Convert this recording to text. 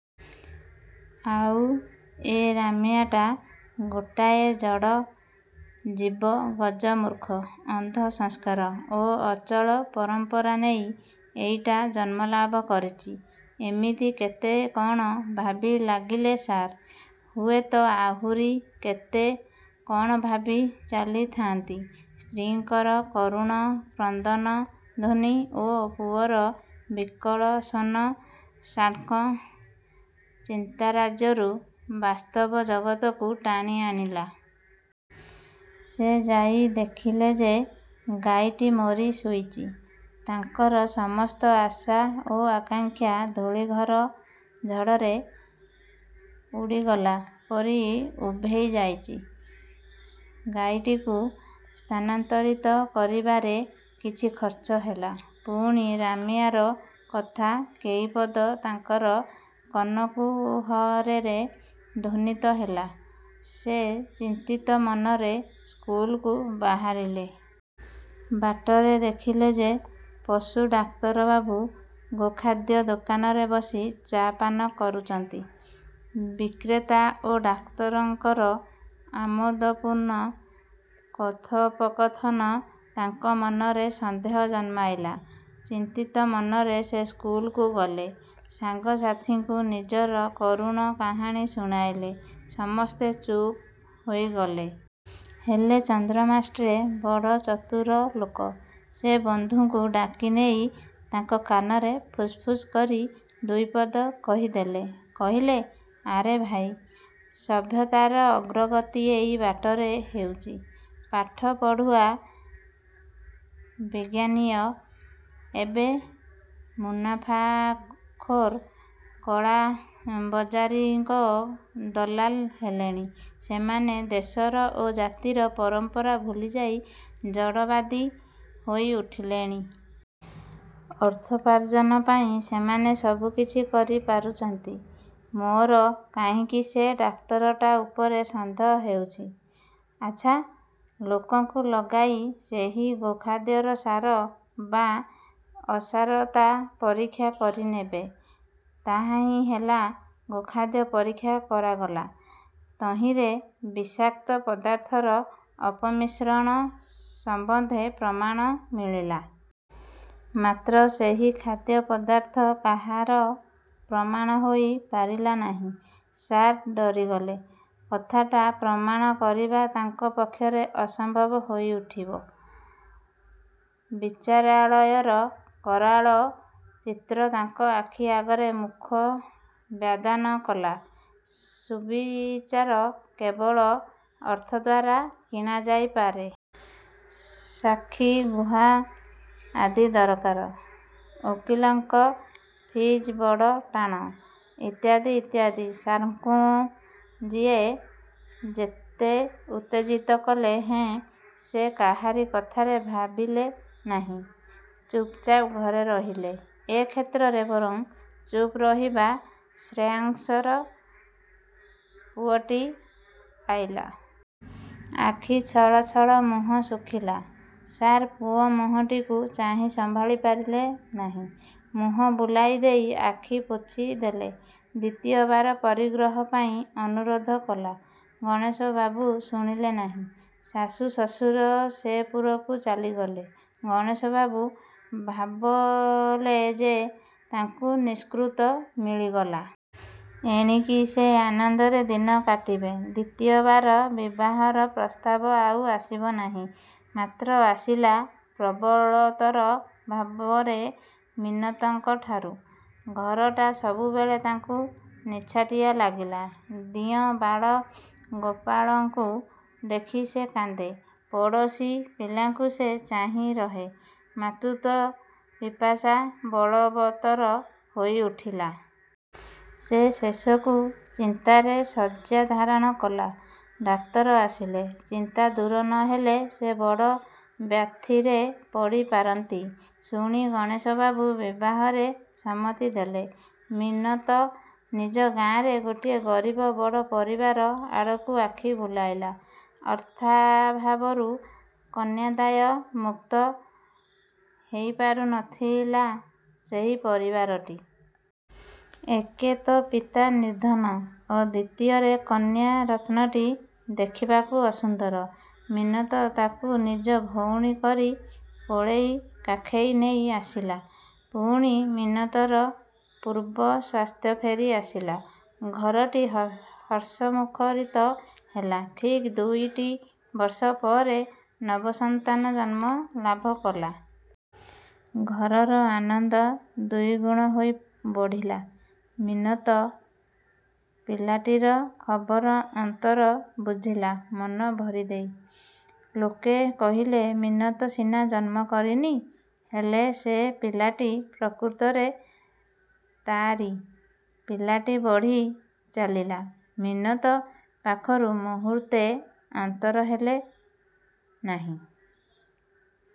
ଆଉ ଏ ରାମିଆଟା ଗୋଟାଏ ଜଡ଼ ଜୀବ, ଗଜ-ମୂର୍ଖ। ଅନ୍ଧ ସଂସ୍କାର ଓ ଅଚଳ ପରମ୍ପରା ନେଇ ଏଇଟା ଜନ୍ମଲାଭ କରିଚି। ଏମିତି କେତେ କଣ ଭାବି ଲାଗିଲେ ସାର୍। ହୁଏତ ଆହୁରି କେତେ କ'ଣ ଭାବି ଚାଲିଥାଆନ୍ତି। ସ୍ତ୍ରୀଙ୍କର କରୁଣ କ୍ରନ୍ଦନ ଧ୍ୱନି ଓ ପୁଅର ବିକଳ ସ୍ୱନ ସାର୍ଙ୍କ ଚିନ୍ତାରାଜ୍ୟରୁ ବାସ୍ତବ ଜଗତକୁ ଟାଣି ଆଣିଲା। ସେ ଯାଇ ଦେଖିଲେ ଯେ, ଗାଈଟି ମରି ଶୋଇଚି। ତାଙ୍କର ସମସ୍ତ ଆଶା ଓ ଆକାଙ୍କ୍ଷା ଧୂଳିଘର ଝଡ଼ରେ ଉଡ଼ିଗଲା ପରି ଉଭେଇଯାଇଚି। ଗାଈଟିକୁ ସ୍ଥାନାନ୍ତରିତ କରିବାରେ କିଛି ଖର୍ଚ୍ଚ ହେଲା। ପୁଣି ରାମିଆର କଥା କେଇପଦ ତାଙ୍କର କର୍ଣ୍ଣକୁହରରେ ଧ୍ୱନିତ ହେଲା। ସେ ଚିନ୍ତିତ ମନରେ ସ୍କୁଲକୁ ବାହାରିଲେ। ବାଟରେ ଦେଖିଲେ ଯେ, ପଶୁ ଡାକ୍ତର ବାବୁ ଗୋ-ଖାଦ୍ୟ ଦୋକାନରେ ବସି ଚା'ପାନ କରୁଚନ୍ତି। ବିକ୍ରେତା ଓ ଡାକ୍ତରଙ୍କର ଆମୋଦପୂର୍ଣ୍ଣ କଥୋପକଥନ ତାଙ୍କ ମନରେ ସନ୍ଦେହ ଜନ୍ମାଇଲା। ଚିନ୍ତିତ ମନରେ ସେ ସ୍କୁଲକୁ ଗଲେ। ସାଙ୍ଗ ସାଥୀଙ୍କୁ ନିଜର କରୁଣ କାହାଣୀ ଶୁଣାଇଲେ। ସମସ୍ତେ ଚୁପ୍ ହୋଇଗଲେ। ହେଲେ ଚନ୍ଦ୍ରମାଷ୍ଟ୍ରେ ବଡ଼ ଚତୁର ଲୋକ। ସେ ବନ୍ଧୁଙ୍କୁ ଡାକି ନେଇ ତାଙ୍କ କାନରେ ଫୁସ୍ଫୁସ୍ କରି ଦୁଇପଦ କହିଦେଲେ-କହିଲେ, ଆରେ ଭାଇ! ସଭ୍ୟତାର ଅଗ୍ରଗତି ଏଇ ବାଟରେ ହେଉଚି। ପାଠ ପଢ଼ୁଆ ବିଜ୍ଞାନୀଏ, ଏବେ ମୁନାଫାଖୋର୍ କଳାବଜାରୀଙ୍କ ଦଲାଲ ହେଲେଣି। ସେମାନେ ଦେଶର ଓ ଜାତିର ପରମ୍ପରା ଭୁଲିଯାଇ ଜଡ଼ବାଦୀ ହୋଇ ଉଠିଲେଣି। ଅର୍ଥୋପାର୍ଜନ ପାଇଁ ସେମାନେ ସବୁ କିଛି କରି ପାରୁଚନ୍ତି। ମୋର କାହିଁକି ସେ ଡାକ୍ତରଟା ଉପରେ ସନ୍ଦେହ ହେଉଚି। ଆଚ୍ଛା, ଲୋକଙ୍କୁ ଲଗାଇ, ସେହି ଗୋ-ଖାଦ୍ୟର ସାର ବା ଅସାରତା ପରୀକ୍ଷା କରିନେବେ। ତାହାହିଁ ହେଲା। ଗୋ-ଖାଦ୍ୟ ପରୀକ୍ଷା କରାଗଲା। ତହିଁରେ ବିଷାକ୍ତ ପଦାର୍ଥର ଅପମିଶ୍ରଣ ସମ୍ୱନ୍ଧେ ପ୍ରମାଣ ମିଳିଲା। ମାତ୍ର ସେହି ଖାଦ୍ୟ ପଦାର୍ଥ କାହାର ପ୍ରମାଣ ହୋଇ ପାରିଲା ନାହିଁ। ସାର୍ ଡରିଗଲେ। କଥାଟା ପ୍ରମାଣ କରିବା ତାଙ୍କ ପକ୍ଷରେ ଅସମ୍ଭବ ହୋଇଉଠିବ। ବିଚାରାଳୟର କରାଳ ଚିତ୍ର ତାଙ୍କ ଆଖି ଆଗରେ ମୁଖ ବ୍ୟାଦାନ କଲା। ସୁବିଚାର କେବଳ ଅର୍ଥ ଦ୍ୱାରା କିଣାଯାଇ ପାରେ। ସାକ୍ଷୀ, ଗୁହା ଆଦି ଦରକାର। ଓକିଲଙ୍କ ଫିଜ୍ ବଡ଼ ଟାଣ। ଇତ୍ୟାଦି ଇତ୍ୟାଦି ସାର୍ଙ୍କୁ ଯିଏ ଯେତେ ଉତ୍ତେଜିତ କଲେ ହେଁ ସେ କାହାରି କଥାରେ ଭାବିଲେ ନାହିଁ। ଚୁପ୍ ଚାପ୍ ଘରେ ରହିଲେ। ଏ କ୍ଷେତ୍ରରେ ବରଂ ଚୁପ୍ ରହିବା ଶ୍ରେୟସ୍କର। ପୁଅଟି ଆଇଲା। ଆଖି ଛଳ ଛଳ, ମୁହଁ ଶୁଖିଲା। ସାର୍ ପୁଅ ମୁହଁଟିକୁ ଚାହିଁ ସମ୍ଭାଳି ପାରିଲେ ନାହିଁ। ମୁହଁ ବୁଲାଇ ଦେଇ ଆଖି ପୋଛିଦେଲେ। ଦ୍ୱିତୀୟ ବାର ପରିଗ୍ରହ ପାଇଁ ଅନୁରୋଧ କଲା। ଗଣେଶ ବାବୁ ଶୁଣିଲେ ନାହିଁ-। ଶାଶୁ ଶଶୁର ସେ ପୁରକୁ ଚାଲିଗଲେ। ଗଣେଶ ବାବୁ ଭାବଲେ ଯେ, ତାଙ୍କୁ ନିଷ୍କୃତ ମିଳିଗଲା। ଏଣିକି ସେ ଆନନ୍ଦରେ ଦିନ କାଟିବେ। ଦ୍ୱିତୀୟ ଦାର ବିବାହର ପ୍ରସ୍ତାବ ଆଉ ଆସିବ ନାହିଁ। ମାତ୍ର ଆସିଲା ପ୍ରବଳତର ଭାବରେ ମିନତଙ୍କଠାରୁ। ଘରଟା ସବୁବେଳେ ତାଙ୍କୁ ନିଛାଟିଆ ଲାଗିଲା। ଦିଅଁ ବାଳ-ଗୋପାଳଙ୍କୁ ଦେଖି ସେ କାନ୍ଦେ। ପଡ଼ୋଶୀ ପିଲାଙ୍କୁ ସେ ଚାହିଁ ରହେ। ମାତୃତ୍ୱର ପିପାସା ବଳବତ୍ତର ହୋଇଉଠିଲା। ସେ ଶେଷକୁ ଚିନ୍ତାରେ ଶଯ୍ୟା ଧାରଣ କଲା। ଡାକ୍ତର ଆସିଲେ। ଚିନ୍ତା ଦୂର ନ ହେଲେ, ସେ ବଡ଼ ବ୍ୟାଧିରେ ପଡ଼ି ପାରନ୍ତି ଶୁଣି ଗଣେଶବାବୁ ବିବାହରେ ସମ୍ମତି ଦେଲେ। ମିନତ ନିଜ ଗାଁରେ ଗୋଟିଏ ଗରିବ ବଡ଼ ପରିବାର ଆଡ଼କୁ ଆଖି ବୁଲାଇଲା। ଅର୍ଥାଭାବରୁ କନ୍ୟାଦାୟ ମୁକ୍ତ ହେଇପାରୁ ନ ଥିଲା ସେହି ପରିବାରଟି। ଏକେ ତ ପିତା ନିର୍ଦ୍ଧନ ଓ ଦ୍ୱିତୀୟରେ କନ୍ୟା ରତ୍ନଟି ଦେଖିବାକୁ ଅସୁନ୍ଦର। ମିନତ ତାକୁ ନିଜ ଭଉଣୀ କରି କୋଳେଇ କାଖେଇ ନେଇ ଆସିଲା। ପୁଣି ମିନତର ପୂର୍ବ ସ୍ୱାସ୍ଥ୍ୟ ଫେରି ଆସିଲା। ଘରଟି ହର୍ଷ ମୁଖରିତ ହେଲା। ଠିକ୍ ଦୁଇଟି ବର୍ଷ ପରେ ନବ-ସନ୍ତାନ ଜନ୍ମ ଲାଭ କଲା। ଘରର ଆନନ୍ଦ ଦୁଇଗୁଣ ହୋଇ ବଢ଼ିଲା। ମିନତ ପିଲାଟିର ଖବର ଅନ୍ତର ବୁଝିଲା ମନ ଭରିଦେଇ। ଲୋକେ କହିଲେ ମିନତ ସିନା ଜନ୍ମ କରିନି, ହେଲେ ସେ ପିଲାଟି ପ୍ରକୃତରେ ତାଆରି। ପିଲାଟି ବଢ଼ି ଚାଲିଲା। ମିନତ ପାଖରୁ ମୁହୂର୍ତ୍ତେ ଅନ୍ତର ହେଲେ ନାହିଁ।